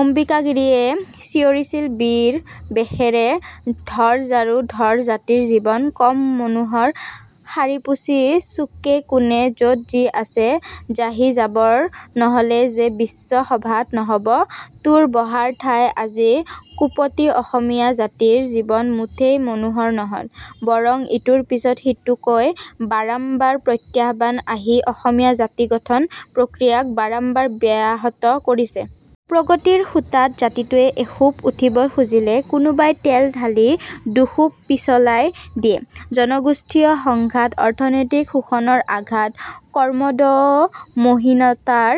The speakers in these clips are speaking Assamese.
অম্বিকাগিৰীয়ে চিঞৰিছিল বীৰ বেশেৰে ধৰ ঝাড়ু ধৰ জাতিৰ জীৱন কম মনোহৰ সাৰিপুছি চুকেকোণে যত যি আছে জাহিজাবৰ নহলে যে বিশ্বসভাত নহব। তোৰ বহাৰ ঠাই আজি কোপতি অসমীয়া জাতিৰ জীৱন মুঠেই মনোহৰ নহল। বৰং ইটোৰ পিছত সিটোকৈ বাৰম্বাৰ প্ৰত্যাহ্বান আহি অসমীয়া জাতিগঠন প্ৰক্ৰিয়াক বাৰম্বাৰ ব্যাহত কৰিছে। প্ৰগতিৰ খুঁটাত জাতিটোৱে এখোপ উঠিব খুজিলেই কোনোবাই তেল ঢালি দুখোপ পিছলাই দিয়ে। জনগোষ্ঠীয় সংঘাত অৰ্থনৈতিক শোষণৰ আঘাত কৰ্মোদ্যমহীনতাৰ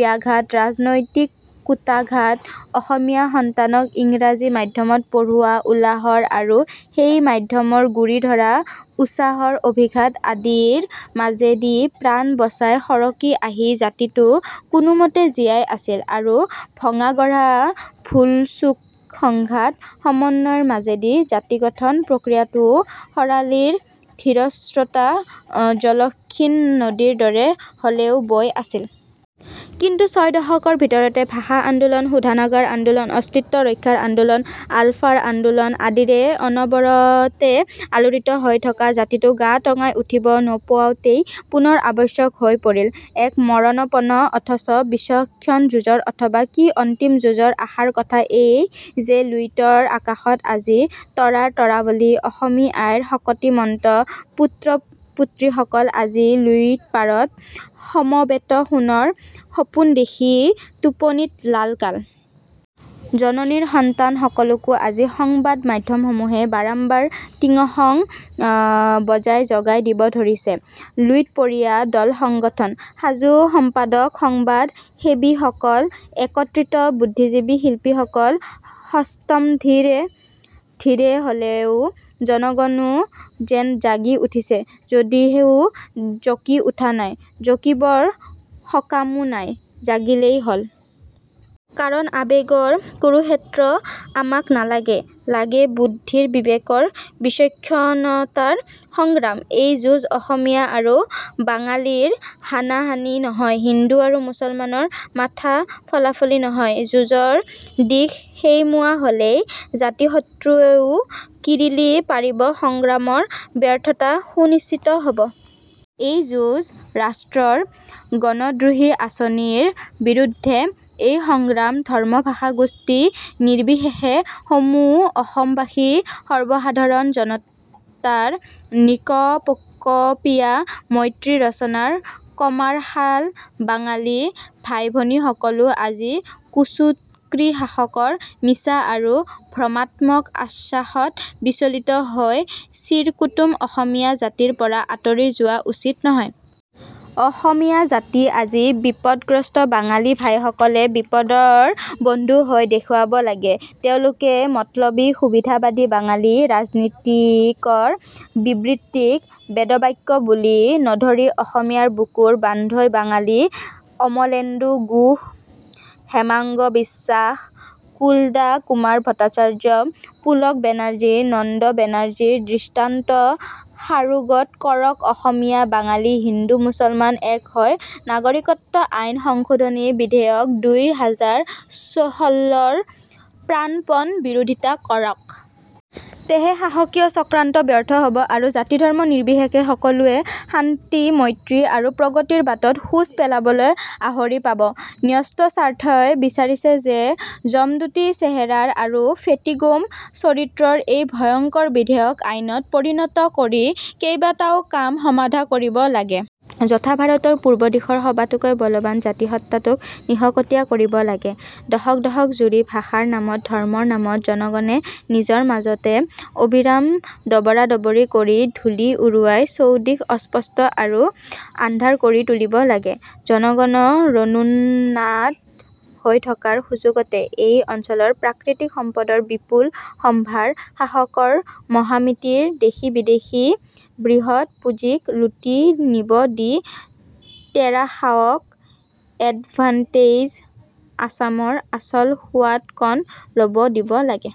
ব্যাঘাত ৰাজনৈতিক কূটাঘাত অসমীয়া সন্তানক ইংৰাজী মাধ্যমত পঢ়ুওৱা উলাহৰ আৰু সেই মাধ্যমৰ গুৰি ধৰা উছাহৰ অভিঘাত আদিৰ মাজেদি প্ৰাণ বচাই সৰকি আহি জাতিটো কোনোমতে জীয়াই আছিল আৰু ভঙাগঢ়া ভুলচুক সংঘাত সমন্বয়ৰ মাজেদি জাতিগঠন প্ৰক্ৰিয়াটোৱো খৰালিৰ ধীৰস্ৰোতা জলক্ষীণ নদীৰ দৰে হলেও বৈ আছিল। কিন্তু ছয় দশকৰ ভিতৰতে ভাষা আন্দোলন শোধনাগাৰ আন্দোলন অস্তিত্ব ৰক্ষাৰ আন্দোলন আলফাৰ আন্দোলন আদিৰে অনবৰতে আলোড়িত হৈ থকা জাতিটো গা টঙাই উঠিব নৌপাওঁতেই পুনৰ আৱশ্যক হৈ পৰিল। এক মৰণপণ অথচ বিচক্ষণ যুঁজৰ অথবা কি অন্তিম যুঁজৰ আশাৰ কথা এই যে লুইতৰ আকাশত আজি তৰাৰ তৰাৱলী অসমী আইৰ শকতিমন্ত পুত্ৰ-পুত্ৰীসকল আজি লুইতপাৰত সমবেতসোণৰ সপোন দেখি টোপনিত লালকাল। জননীৰ সন্তান সকলোকো আজি সংবাদ মাধ্যমসমূহে বাৰম্বাৰ টিংখং বজাই জগাই দিব ধৰিছে লুইতপৰীয়া দলসংগঠন সাজু সম্পাদক সংবাদ সেৱীসকল একত্ৰিত বুদ্ধিজীৱী শিল্পীসকল সষ্টমধীৰে ধীৰে হলেও জনগণো যেন জাগি উঠিছে যদিও জঁকি উঠা নাই। জঁকিবৰ সকামো নাই জাগিলেই হল। কাৰণ আৱেগৰ কুৰুক্ষেত্ৰ আমাক নালাগে লাগে বুদ্ধিৰ বিবেকৰ বিচক্ষণতাৰ সংগ্ৰাম। এই যুঁজ অসমীয়া আৰু বাঙালীৰ হানাহানি নহয় হিন্দু আৰু মুছলমানৰ মাথা ফলাফলি নহয়। যুঁজৰ দিশ সেইমুৱা হলেই জাতিশত্ৰুৱুৱে কিৰিলি পাৰিব সংগ্ৰামৰ ব্যৰ্থতা সুনিশ্চিত হব। এই যুঁজ ৰাষ্ট্ৰৰ গণদ্ৰোহী আঁচনিৰ বিৰুদ্ধে এই সংগ্ৰাম ধৰ্মভাষাগোষ্ঠী নিৰ্বিশেষে সমূহ অসমবাসী সৰ্বসাধাৰণ জনতাৰ নিকপকপীয়া মৈত্ৰী ৰচনাৰ কমাৰশালবাঙালী ভাইভনীসকলো আজি কুচক্ৰী শাসকৰ মিছা আৰু ভ্ৰমাত্মক আশ্বাসত বিচলিত হৈ চিৰকুটুম অসমীয়া জাতিৰ পৰা আঁতৰি যোৱা উচিত নহয়। অসমীয়া জাতি আজি বিপদগ্ৰস্ত, বাঙালী ভাইসকলে বিপদৰ বন্ধু হৈ দেখুৱাব লাগে। তেওঁলোকে মতলবী সুবিধাবাদী বাঙালী ৰাজনীতিকৰ বিবৃতিক বেদবাক্য বুলি নধৰি অসমীয়াৰ বুকুৰ বান্ধৈ বাঙালী অমলেন্দু গুহ, হেমাংগ বিশ্বাস, কুলদা কুমাৰ ভট্টাচাৰ্য, পুলক বেনাৰ্জী, নন্দ বেনাৰ্জীৰ দৃষ্টান্ত সাৰোগত কৰক অসমীয়া, বাঙালী হিন্দু-মুছলমান এক হৈ নাগৰিকত্ব আইন সংশোধনী বিধেয়ক দুই হাজাৰ ষোল্ল ৰ প্ৰাণপণ বিৰোধিতা কৰক। তেহে শাসকীয় চক্ৰান্ত ব্যৰ্থ হব আৰু জাতিধৰ্ম নিৰ্বিশেষে সকলোৱে শান্তি মৈত্ৰী আৰু প্ৰগতিৰ বাটত খোজ পেলাবলৈ আহৰি পাব। ন্যস্ত স্বাৰ্থই বিচাৰিছে যে যমদূতী চেহেৰাৰ আৰু ফেঁটীগোম চৰিত্ৰৰ এই ভয়ংকৰ বিধেয়ক আইনত পৰিণত কৰি কেবাটাও কাম সমাধা কৰিব লাগে। যথা ভাৰতৰ পূৰ্বদিশৰ সবাতোকৈ বলবান জাতিসত্ত্বাটোক নিশকতীয়া কৰিব লাগে। দশকদশক জুৰি ভাষাৰ নামত ধৰ্মৰ নামত জনগণে নিজৰ মাজতে অবিৰাম দবৰাদবৰি কৰি ধূলি উৰুৱাই চৌদিশ অস্পষ্ট আৰু আন্ধাৰ কৰি তুলিব লাগে। জনগণ ৰণোন্মাদ হৈ থকাৰ সুযোগতে এই অঞ্চলৰ প্ৰাকৃতিক সম্পদৰ বিপুল সম্ভাৰ শাসকৰ মহামিতিৰ দেশী-বিদেশী বৃহৎ পুঁজিক লুটি নিব দি তেৰাসৱক এডভাণ্টেইজ্ আছামৰ আচল সোৱাদকণ লব দিব লাগে।